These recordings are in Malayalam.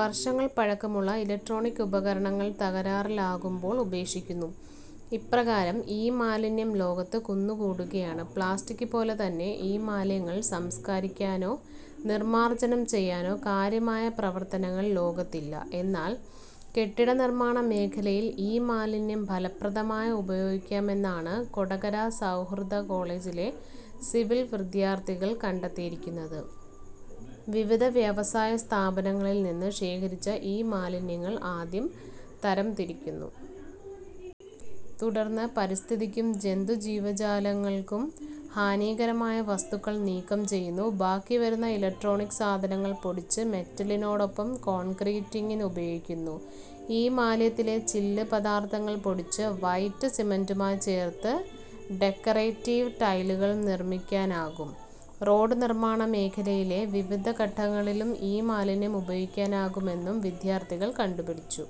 വർഷങ്ങൾ പഴക്കമുള്ള ഇലക്ട്രോണിക് ഉപകരണങ്ങൾ തകരാറിലാകുമ്പോൾ ഉപേക്ഷിക്കുന്നു. ഇപ്രകാരം ഇമാലിന്യം ലോകത്ത് കുന്നുകൂടുകയാണ്. പ്ലാസ്റ്റിക്പോലെത്തന്നെ ഇമാലിന്യങ്ങൾ സംസ്കരിക്കാനോ നിർമാർജനം ചെയ്യാനോ കാര്യമായ പ്രവർത്തനങ്ങൾ ലോകത്തില്ല. എന്നാൽ കെട്ടിടനിർമാണമേഖലയിൽ ഇമാലിന്യം ഫലപ്രദമായി ഉപയോഗിക്കാമെന്നാണ് കൊടകര സഹൃദയ കോളേജിലെ സിവിൽ വിദ്യാർഥികൾ കണ്ടെത്തിയിരിക്കുന്നത്. വിവിധ വ്യവസായ സ്ഥാപനങ്ങളിൽനിന്ന് ശേഖരിച്ച ഇമാലിന്യങ്ങൾ ആദ്യം തരംതിരിക്കുന്നു. തുടർന്ന് പരിസ്ഥിതിക്കും ജന്തുജീവജാലങ്ങൾക്കും ഹാനികരമായ വസ്തുക്കൾ നീക്കം ചെയ്യുന്നു. ബാക്കി വരുന്ന ഇലക്ട്രോണിക് സാധനങ്ങൾ പൊടിച്ച് മെറ്റലിനോടൊപ്പം കോൺക്രീറ്റിങ്ങിന് ഉപയോഗിക്കുന്നു. ഇമാലിന്യത്തിലെ ചില്ല് പദാർത്ഥങ്ങൾ പൊടിച്ച് വൈറ്റ് സിമന്റുമായി ചേർത്ത് ഡെക്കറേറ്റീവ് ടൈലുകളും നിർമിക്കാനാകും. റോഡ് നിർമാണ മേഖലയിലെ വിവിധ ഘട്ടങ്ങളിലും ഇമാലിന്യം ഉപയോഗിക്കാനാകുമെന്നും വിദ്യാർഥികൾ കണ്ടുപിടിച്ചു.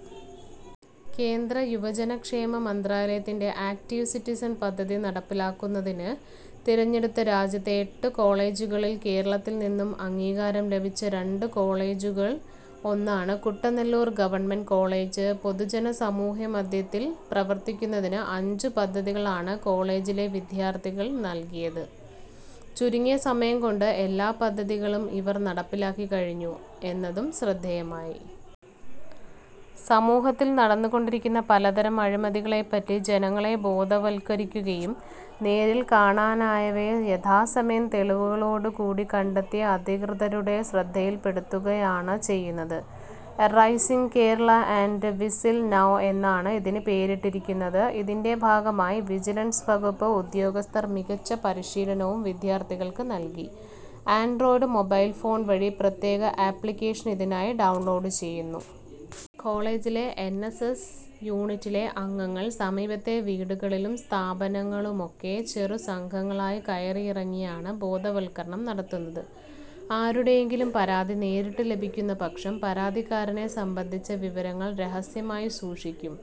കേന്ദ്ര യുവജനക്ഷേമ മന്ത്രാലയത്തിന്റെ ആക്ടീവ് സിറ്റിസൺ പദ്ധതി നടപ്പിലാക്കുന്നതിന് തിരഞ്ഞെടുത്ത രാജ്യത്തെ എട്ടു കോളേജുകളിൽ കേരളത്തിൽനിന്നും അംഗീകാരം ലഭിച്ച രണ്ട് കോളേജുകളിൽ ഒന്നാണ് കുട്ടനെല്ലൂർ ഗവ. കോളേജ്. പൊതുജന സമൂഹമധ്യത്തിൽ പ്രവർത്തിക്കുന്നതിന് അഞ്ചു പദ്ധതികളാണ് കോളേജിലെ വിദ്യാർഥികൾക്ക് നൽകിയത്. ചുരുങ്ങിയ സമയംകൊണ്ട് എല്ലാ പദ്ധതികളും ഇവർ നടപ്പിലാക്കിക്കഴിഞ്ഞു എ ന്നതും ശ്രദ്ധേയമായി. സമൂഹത്തിൽ നടന്നുകൊണ്ടിരിക്കുന്ന പലതരം അഴിമതികളെപ്പറ്റി ജനങ്ങളെ ബോധവത്കരിക്കുകയും നേരിൽ കാണാനായവയെ യഥാസമയം തെളിവുകളോടുകൂടി കണ്ടെത്തി അധികൃതരുടെ ശ്രദ്ധിയിൽപ്പെടുത്തുകയാണ് ചെയ്യുന്നത്. Arising Kerala and whistle now എന്നാണ് ഇതിന് പേരിട്ടിരിക്കുന്നത്. ഇതിന്റെ ഭാഗമായി വിജിലൻസ് വകുപ്പ് ഉദ്യോഗസ്ഥർ മികച്ച പരിശീലനവും വിദ്യാർഥികൾക്ക് നൽകി. ആൻഡ്രോയിഡ് മൊബൈൽ ഫോൺ വഴി പ്രത്യേക ആപ്ളിക്കേഷൻ ഇതിനായി ഡൗൺലോഡ് ചെയ്യുന്നു. കോളേജിലെ എൻ. എസ്. എസ്. യൂണിറ്റിലെ അംഗങ്ങൾ സമീപത്തെ വീടുകളിലും സ്ഥാപനങ്ങളിലുമൊക്കെ ചെറുസംഘങ്ങളായി കയറിയിറങ്ങിയാണ് ബോധവത്കരണം നടത്തുന്നത്. ആരുടെയെങ്കിലും പരാതി നേരിട്ട് ലഭിക്കുന്നപക്ഷം പരാതിക്കാരനെ സംബന്ധിച്ച വിവരങ്ങൾ രഹസ്യമായി സൂക്ഷിക്കും.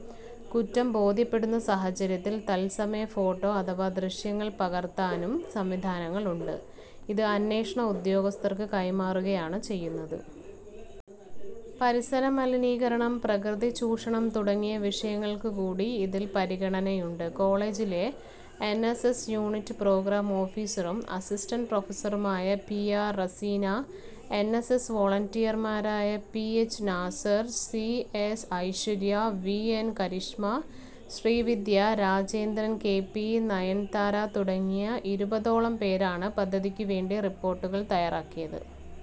കുറ്റം ബോധ്യപ്പെടുന്ന സാഹചര്യത്തിൽ തത്സമയ ഫോട്ടോ അഥവാ ദൃശ്യങ്ങൾ പകർത്താനും സംവിധാനങ്ങളുണ്ട്. ഇത് അന്വേഷണ ഉദ്യോഗസ്ഥർക്കു കൈമാറുകയാണ് ചെയ്യുന്നത്. പരിസരമലിനീകരണം, പ്രകൃതിചൂഷണം തുടങ്ങിയ വിഷയങ്ങൾക്ക് കൂടി ഇതിൽ പരിഗണനയുണ്ട്. കോളേജിലെ N. S. S. Unit programme ഓഫീസറും അസി. പ്രൊഫസറുമായ P. R. Razeena, N. S. S. വൊളന്റിയർമാരായ P. H. Nisar, C. S. Aishwarya, V. N. Karishma, Sreevidya Rajendran, K. P. Nayanthara തുടങ്ങി ഇരുപതോളം പേരാണ് പദ്ധതിക്കുവേണ്ടി റിപ്പോർട്ടുകൾ തയ്യാറാക്കിയത്.